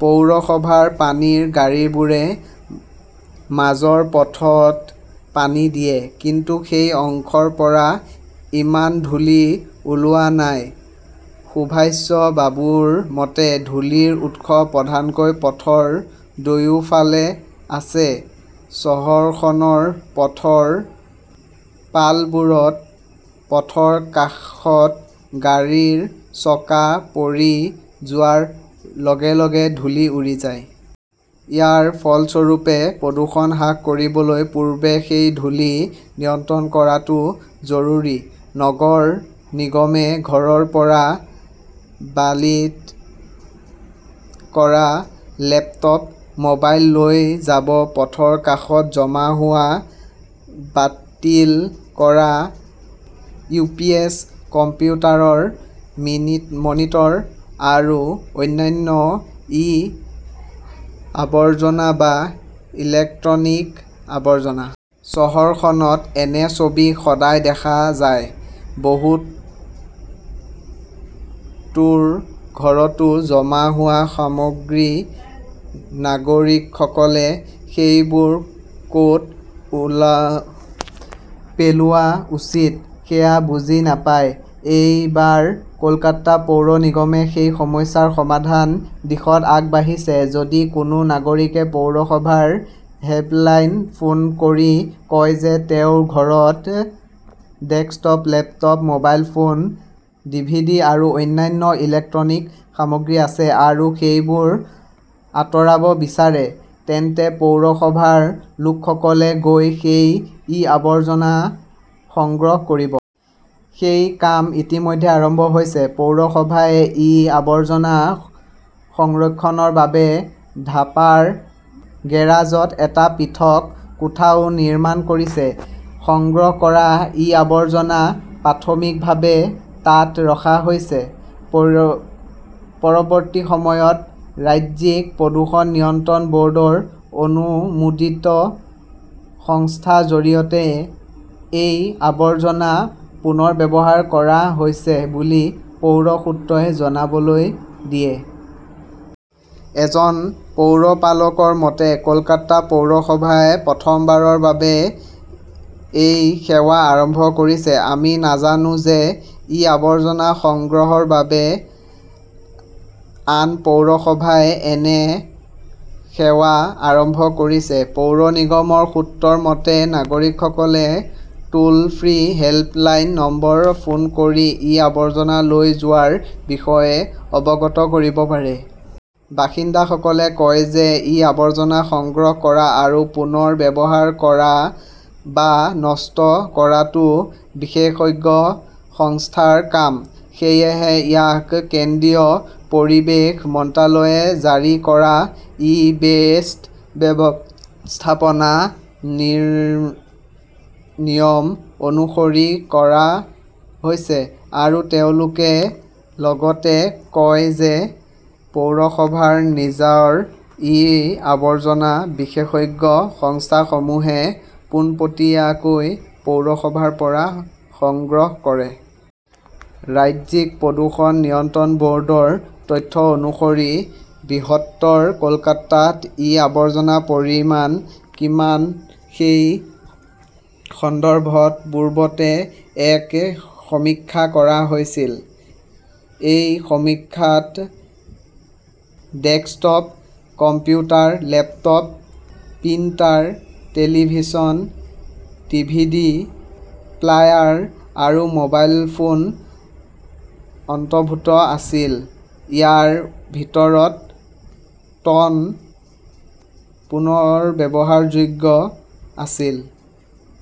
পৌৰসভাৰ পানীৰ গাড়ীবোৰে মাজৰ পথত পানী দিয়ে। কিন্তু সেই অংশৰ পৰা ইমান ধূলি ওলোৱা নাই। সুভাষ বাবুৰ মতে, ধূলিৰ উৎস প্ৰধানকৈ পথৰ দুয়োফালে আছে। চহৰখনৰ পথৰ পালবোৰত পথৰ কাষত গাড়ীৰ চকা পৰি যোৱাৰ লগে-লগে ধূলি উৰি যায়। ইয়াৰ ফলস্বৰূপে, প্ৰদূষণ হ্ৰাস কৰিবলৈ পূৰ্বে সেই ধূলি নিয়ন্ত্ৰণ কৰাটো জৰুৰী। নগৰ নিগমে ঘৰৰ পৰা বালিত কৰা লেপটপ, মোবাইল লৈ যাব পথৰ কাষত জমা হোৱা বাতিল কৰা ইউ. পি. এছ., কম্পিউটাৰৰ মি মনিটৰ আৰু অন্যান্য ই-আৱৰ্জনা বা ইলেক্ট্ৰনিক আৱৰ্জনা। চহৰখনত এনে ছবি সদায় দেখা যায়। বহুতোৰ ঘৰতো জমা হোৱা সামগ্ৰী। নাগৰিকসকলে সেইবোৰ কত পেলোৱা উচিত সেয়া বুজি নাপায়। এইবাৰ কলকাতা পৌৰ নিগমে সেই সমস্যাৰ সমাধানৰ দিশত আগবাঢ়িছে। যদি কোনো নাগৰিকে পৌৰসভাৰ হেল্পলাইনত ফোন কৰি কয় যে তেওঁৰ ঘৰত desktop, laptop, mobile phone, DVD আৰু অন্যান্য ইলেক্ট্ৰনিক সামগ্ৰী আছে আৰু সেইবোৰ আঁতৰাব বিচাৰে, তেন্তে পৌৰসভাৰ লোকসকলে গৈ সেই ই-আৱৰ্জনা সংগ্ৰহ কৰিব। সেই কাম ইতিমধ্যে আৰম্ভ হৈছে। পৌৰসভাই ই-আৱৰ্জনা সংৰক্ষণৰ বাবে ধাপাৰ গেৰাজত এটা পৃথক কোঠাও নিৰ্মাণ কৰিছে। সংগ্ৰহ কৰা ই-আৱৰ্জনা প্ৰাথমিকভাৱে তাত ৰখা হৈছে। পৰৱৰ্তী সময়ত ৰাজ্যিক প্ৰদূষণ নিয়ন্ত্ৰণ বৰ্ডৰ অনুমোদিত সংস্থাৰ জৰিয়তে এই আৱৰ্জনা পুনৰ্ব্যৱহাৰ কৰা হৈছে বুলি পৌৰ সূত্ৰই জানিবলৈ দিয়ে। এজন পৌৰপালকৰ মতে, কলকাতা পৌৰসভাই প্ৰথমবাৰৰ বাবে এই সেৱা আৰম্ভ কৰিছে। আমি নাজানো যে ই-আৱৰ্জনা সংগ্ৰহৰ বাবে আন পৌৰসভাই এনে সেৱা আৰম্ভ কৰিছে। পৌৰ নিগমৰ সূত্ৰৰ মতে, নাগৰিকসকলে টোল-ফ্ৰী হেল্প লাইন নম্বৰত ফোন কৰি ই-আৱৰ্জনা লৈ যোৱাৰ বিষয়ে অৱগত কৰিব পাৰে। বাসিন্দাসকলে কয় যে ই-আৱৰ্জনা সংগ্ৰহ কৰা আৰু পুনৰ ব্যৱহাৰ কৰা বা নষ্ট কৰাটো বিশেষজ্ঞ সংস্থাৰ কাম। সেয়েহে ইয়াক কেন্দ্ৰীয় পৰিৱেশ মন্ত্ৰালয়ে জাৰি কৰা 'ই-ৱেষ্ট ব্যৱস্থাপনা নিয়ম, অনুসৰি কৰা হৈছে। আৰু তেওঁলোকে লগতে কয় যে পৌৰসভাৰ নিজৰ ই-আৱৰ্জনা বিশেষজ্ঞ সংস্থাসমূহে পোনপটীয়াকৈ পৌৰসভাৰ পৰা সংগ্ৰহ কৰে। ৰাজ্যিক প্ৰদূষণ নিয়ন্ত্ৰণ বৰ্ডৰ তথ্য অনুসৰি বৃহত্তৰ কলকাতাত ই-আৱৰ্জনাৰ পৰিমাণ কিমান সেই সন্দৰ্ভত পূৰ্বতে এক সমীক্ষা কৰা হৈছিল। এই সমীক্ষাত desktop computer, laptop, printer, television, DVD player আৰু মোবাইল ফোন অন্তৰ্ভুক্ত আছিল। ইয়াৰ ভিতৰত টন পুনৰ্ব্যৱহাৰযোগ্য আছিল।